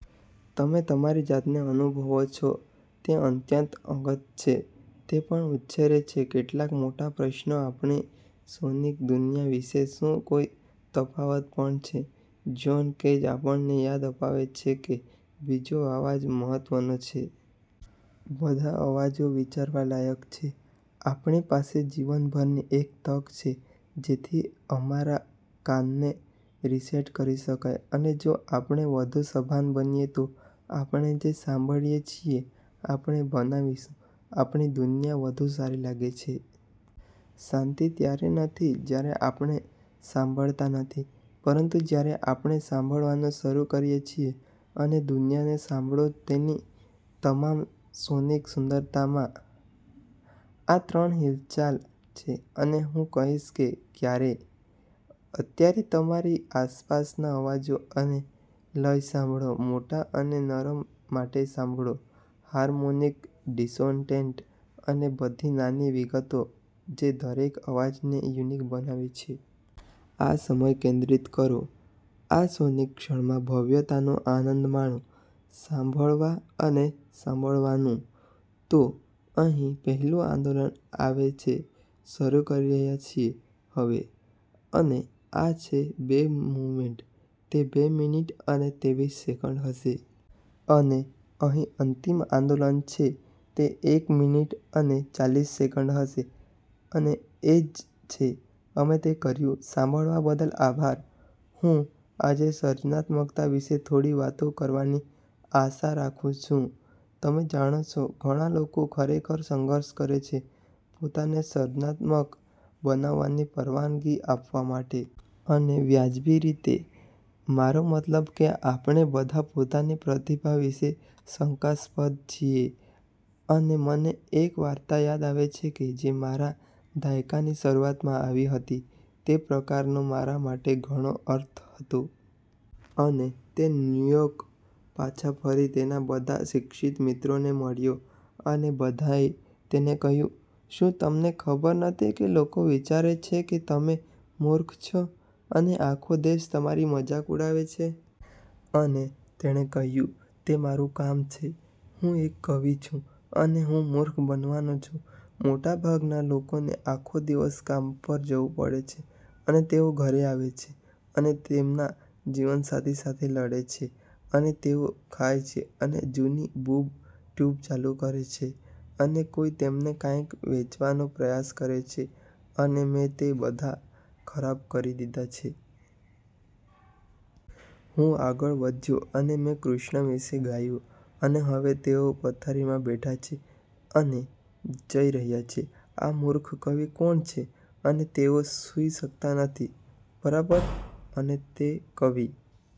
તમે તમારી જાતને અનુભવો છો. તે અત્યંત અંગત છે. તે પણ ઉછેરે છે કેટલાક મોટા પ્રશ્નો આપણી સોનિક દુનિયા વિશે. શું કોઈ તફાવત પણ છે? જ્હોન કેજ આપણને યાદ અપાવે છે કે બીજો અવાજ મહત્ત્વનો છે. બધા અવાજો વિચારવા લાયક છે. આપણી પાસે જીવનભરની એક તક છે જેથી અમારા કાન ને રીસેટ કરી શકાય. અને જો આપણે વધુ સભાન બનીએ તો આપણે જે સાંભળીએ છીએ, આપણે બનાવીશું. આપણી દુનિયા વધુ સારી લાગે છે. શાંતિ ત્યારે નથી જ્યારે આપણે સાંભળતા નથી, પરંતુ જ્યારે આપણે સાંભળવાનું શરૂ કરીએ છીએ અને દુનિયાને સાંભળો તેની તમામ સોનિક સુંદરતામાં. આ ત્રણ હિલચાલ છે, અને હું કહીશ કે ક્યારે. અત્યારે તમારી આસપાસના અવાજો અને લય સાંભળો, મોટા અને નરમ માટે સાંભળો, હાર્મોનિક, ડિસોનેન્ટ, અને બધી નાની વિગતો જે દરેક અવાજને યુનિક બનાવે છે. આ સમય કેન્દ્રિત કરો આ સોનિક ક્ષણમાં. ભવ્યતાનો આનંદ માણો સાંભળવા અને સાંભળવા નું. તો અહીં પહેલું આંદોલન આવે છે. શરૂ કરી રહ્યા છીએ... હવે. અને આ છે બે મૂવમેન્ટ. તે બે મિનિટ અને તેવીસ સેકન્ડ હશે. અને અહીં અંતિમ આંદોલન છે. તે એક મિનિટ અને ચાલીસ સેકન્ડ હશે. અને એ જ છે, અમે તે કર્યું. સાંભળવા બદલ આભાર. હું આજે સર્જનાત્મકતા વિશે થોડી વાતો કરવાની આશા રાખું છું. તમે જાણો છો, ઘણા લોકો ખરેખર સંઘર્ષ કરે છે પોતાને સર્જનાત્મક બનવાની પરવાનગી આપવા માટે. અને વ્યાજબી રીતે. મારો મતલબ કે આપણે બધા પોતાની પ્રતિભા વિશે શંકાસ્પદ છીએ. અને મને એક વાર્તા યાદ આવે છે જે મારા દાયકાની શરૂઆતમાં આવી હતી તે પ્રકારનો મારા માટે ઘણો અર્થ હતો. અને તે ન્યૂયોર્ક પાછા ફરી તેના બધા શિક્ષિત મિત્રોને મળ્યો, અને બધાએ તેને કહ્યું, "શું તમને ખબર નથી કે લોકો વિચારે છે કે તમે મૂર્ખ છો, અને આખો દેશ તમારી મજાક ઉડાવે છે? " અને તેણે કહ્યું, "તે મારું કામ છે. હું એક કવિ છું, અને હું મૂર્ખ બનવાનો છું. મોટાભાગના લોકોને આખો દિવસ કામ પર જવું પડે છે, અને તેઓ ઘરે આવે છે અને તેમના જીવનસાથી સાથે લડે છે, અને તેઓ ખાય છે, અને જૂની બૂબ ટ્યુબ ચાલુ કરે છે, અને કોઈ તેમને કંઈક વેચવાનો પ્રયાસ કરે છે, અને મેં તે બધા ખરાબ કરી દીધા. હું આગળ વધ્યો અને મેં કૃષ્ણ વિશે ગાયું, અને હવે તેઓ પથારીમાં બેઠા છે અને જઈ રહ્યા છે, 'આ મૂર્ખ કવિ કોણ છે? ' અને તેઓ સુઈ શકતા નથી, બરાબર? " અને તે કવિ